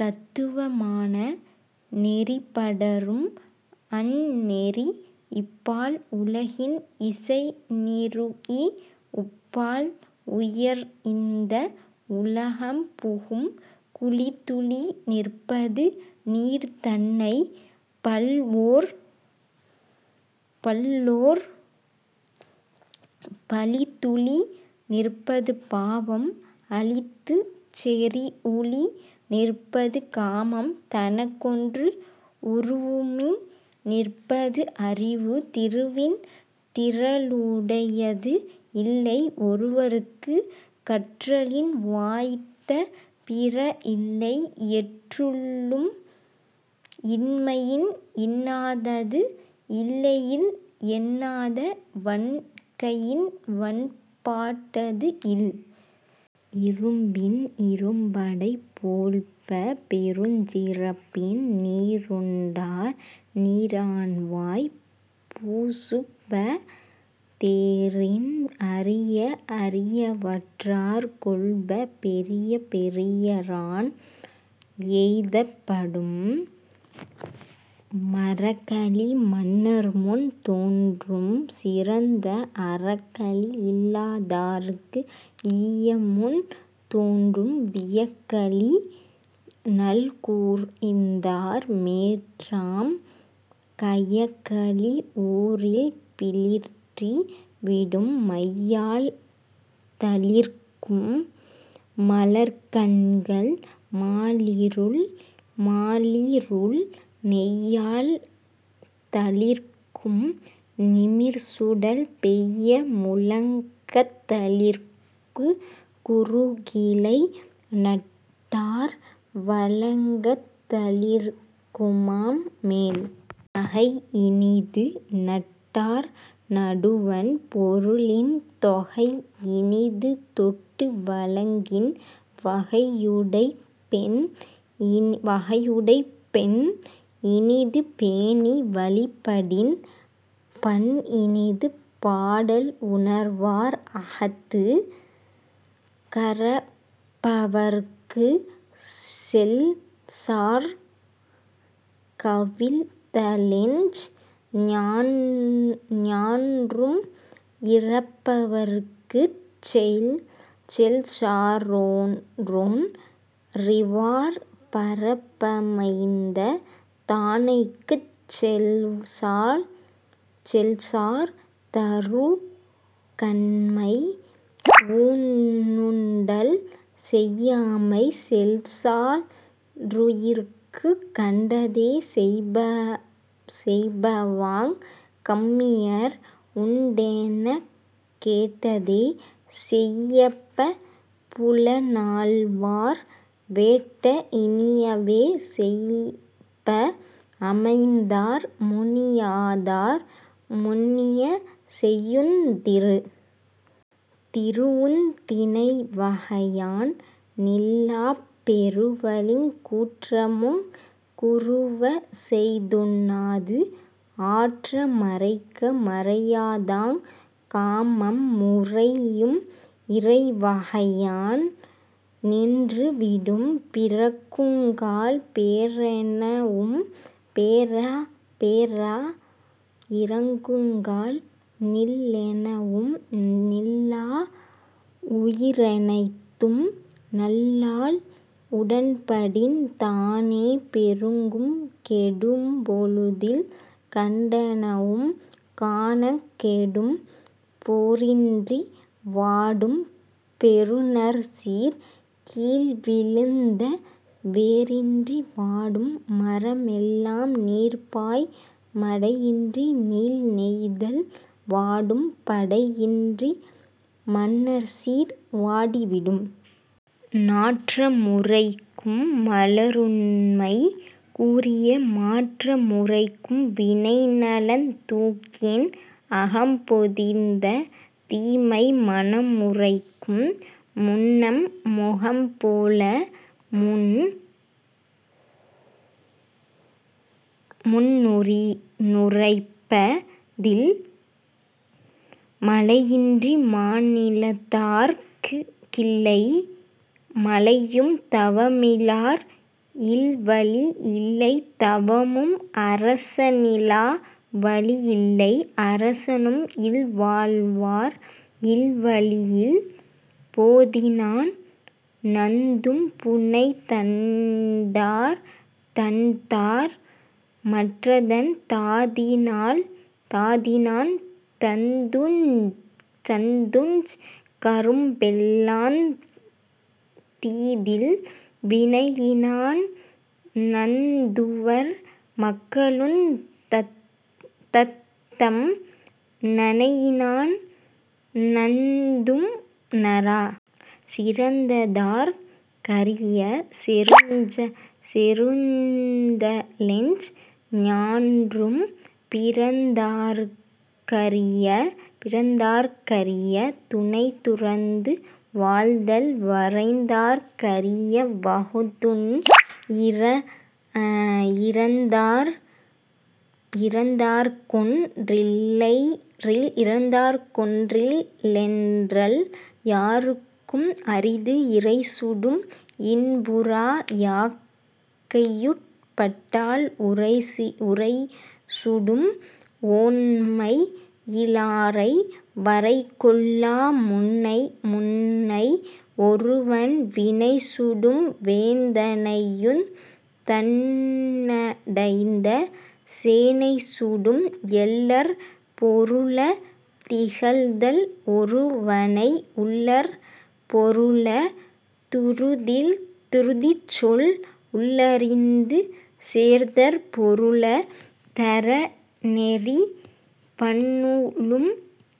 தத்துவ மான நெறிபடரும் அந்நெறி இப்பால் உலகின் இசைநிறீஇ உப்பால் உயர்ந்த உலகம் புகும். குழித்துழி நிற்பது நீர்தன்னைப் பல்லோர் பழித்துழி நிற்பது பாவம் அழித்துச் செறிவுழி நிற்பது காமம் தனக்கொன்று உறுவுழி நிற்பது அறிவு. திருவின் திறலுடையது இல்லை ஒருவற்குக் கற்றலின் வாய்த்த பிறஇல்லை எற்றுள்ளும் இன்மையின் இன்னாதது இல்லைஇல் என்னாத வன்கையின் வன்பாட்டது இல். இரும்பின் இரும்படை போழ்ப பெருஞ்சிறப்பின் நீருண்டார் நீரான்வாய் பூசுப தேரின் அரிய அரியவற்றாற் கொள்ப பெரிய பெரியரான் எய்தப் படும். மறக்களி மன்னர்முன் தோன்றும் சிறந்த அறக்களி இல்லாதார்க்கு ஈயமுன் தோன்றும் வியக்களி நல்கூர்ந்தார் மேற்றாம் கயக்களி ஊரில் பிளிற்றி விடும். மையால் தளிர்க்கும் மலர்க்கண்கள் மாலிருள் நெய்யால் தளிர்க்கும் நிமிர்சுடர் பெய்ய முழங்கத் தளிர்க்குங் குருகிலை நட்டார் வழங்கத் தளிர்க்குமாம் மேல். நகைஇனிது நட்டார் நடுவண் பொருளின் தொகைஇனிது தொட்டு வழங்கின் வகையுடைப் பெண்இனிது பேணி வழிபடின் பண்இனிது பாடல் உணர்வார் அகத்து. கரப்பவர்க்குச் செல்சார் கவிழ்தலெஞ் ஞான்றும் இரப்பவர்க்குச் செல்சாரொன் றீவார் பரப்பமைந்த தானைக்குச் செல்சார் தறுகண்மை ஊனுண்டல் செய்யாமை செல்சா ருயிர்க்கு. கண்டதே செய்பவாங் கம்மியர் உண்டெனக் கேட்டதே செய்ப புலனாள்வார் வேட்ட இனியவே செய்ப அமைந்தார் முனியாதார் முன்னிய செய்யுந் திரு. திருவுந் திணைவகையான் நில்லாப் பெருவலிக் கூற்றமுங் கூறுவ செய்துண்ணாது ஆற்ற மறைக்க மறையாதாங் காமம் முறையும் இறைவகையான் நின்று விடும். பிறக்குங்கால் பேரெனவும் பேரா இறக்குங்கால் நில்லெனவும் நில்லா உயிரெனைத்தும் நல்லாள் உடன்படின் தானே பெருகும் கெடும்பொழுதில் கண்டனவும் காணாக் கெடும். போரின்றி வாடும் பொருநர்சீர் கீழ்வீழ்ந்த வேரின்றி வாடும் மரமெல்லாம் நீர்பாய் மடையின்றி நீள்நெய்தல் வாடும் படையின்றி மன்னர்சீர் வாடி விடும். நாற்ற முரைக்கும் மலருண்மை கூறிய மாற்ற முரைக்கும் வினைநலந் தூக்கின் அகம்பொதிந்த தீமை மனமுரைக்கும் முன்னம் முகம்போல முன்னுரைப்ப தில். மழையின்றி மாநிலத்தார்க் கில்லை மழையும் தவமிலார் இல்வழி இல்லை தவமும் அரச னிலாவழி இல்லை அரசனும் இல்வாழ்வார் இல்வழி யில். போதினான் நந்தும் புனைதண்தார் மற்றதன் தாதினான் நந்துஞ் கரும்பெல்லாந் தீதில் வினையினான் நந்துவர் மக்களுந் தத்தம் நனையினான் நந்தும் நறா. சிறந்தார்க் கரிய செறுதலெஞ் ஞான்றும் பிறந்தார்க் கரிய துணைதுறந்து வாழ்தல் வரைந்தார்க் கரிய வகுத்தூண் இரந்தார்க்கொன் றில்லென்றல் யார்க்கும் அரிது. இரைசுடும் இன்புறா யாக்கையுட் பட்டால் உரைசுடும் ஒண்மை யிலாரை வரைகொள்ளா முன்னை ஒருவன் வினைசுடும் வேந்தனையுந் தன்னடைந்த சேனை சுடும். எள்ளற் பொருள திகழ்தல் ஒருவனை உள்ளற் பொருள துறுதிச்சொல் உள்ளறிந்து சேர்தற் பொருள தறநெறி பன்னூலும்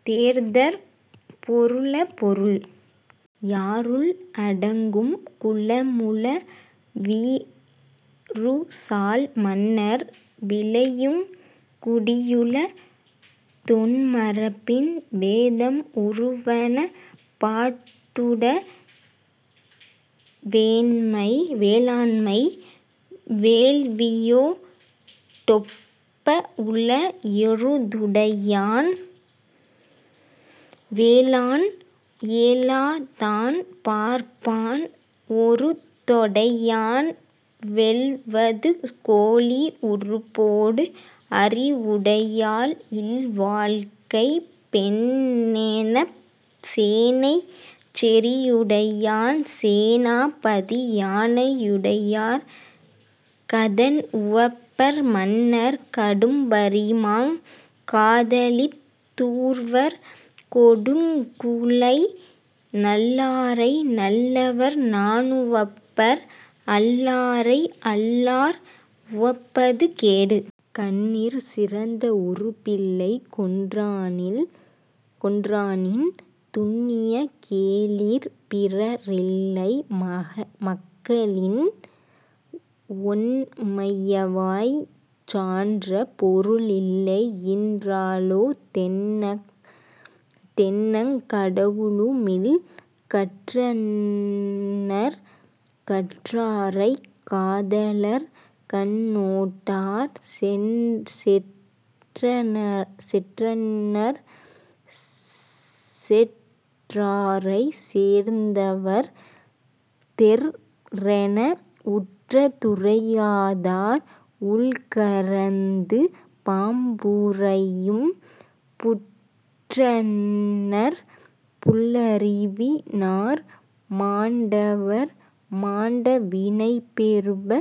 தேர்தற் பொருள பொருள். யாறுள் அடங்கும் குளமுள வீறுசால் மன்னர் விழையுங் குடியுள தொன்மரபின் வேதம் உறுவன பாட்டுள வேளாண்மை வேள்வியோ டொப்ப உள. எருதுடையான் வேளாளன்; ஏலாதான் பார்ப்பான்; ஒருதொடையான் வெல்வது கோழி உருபோடு அறிவுடையாள் இல்வாழ்க்கைப் பெண்ணென்ப சேனைச் செறிவுடையான் சேனா பதி. யானை யுடையார் கதன்உவப்பர் மன்னர் கடும்பரிமாக் காதலித் தூர்வர் கொடுங்குழை நல்லாரை நல்லவர் நாணுவப்பர் அல்லாரை அல்லார் உவப்பது கேடு. கண்ணிற் சிறந்த உறுப்பில்லை கொண்டானின் துன்னிய கேளிர் பிறரில்லை மக்களின் ஒண்மையவாய்ச் சான்ற பொருளில்லை ஈன்றாளோ டெண்ணக் கடவுளு மில். கற்றன்னர் கற்றாரைக் காதலர் கண்ணோடார் செற்றன்னர் செற்றாரைச் சேர்ந்தவர் தெற்றென உற்ற துரையாதார் உள்கரந்து பாம்புறையும் புற்றன்னர் புல்லறிவி னார். மாண்டவர் மாண்ட வினைபெறுப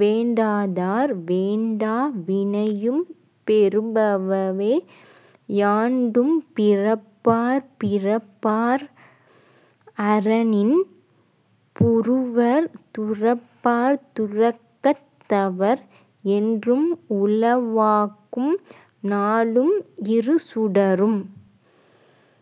வேண்டாதார் வேண்டா வினையும் பெறுபவே யாண்டும் பிறப்பார் பிறப்பார் அறனின் புறுவர் துறப்பார் துறக்கத் தவர். என்றும் உளவாகும் நாளும் இருசுடரும்।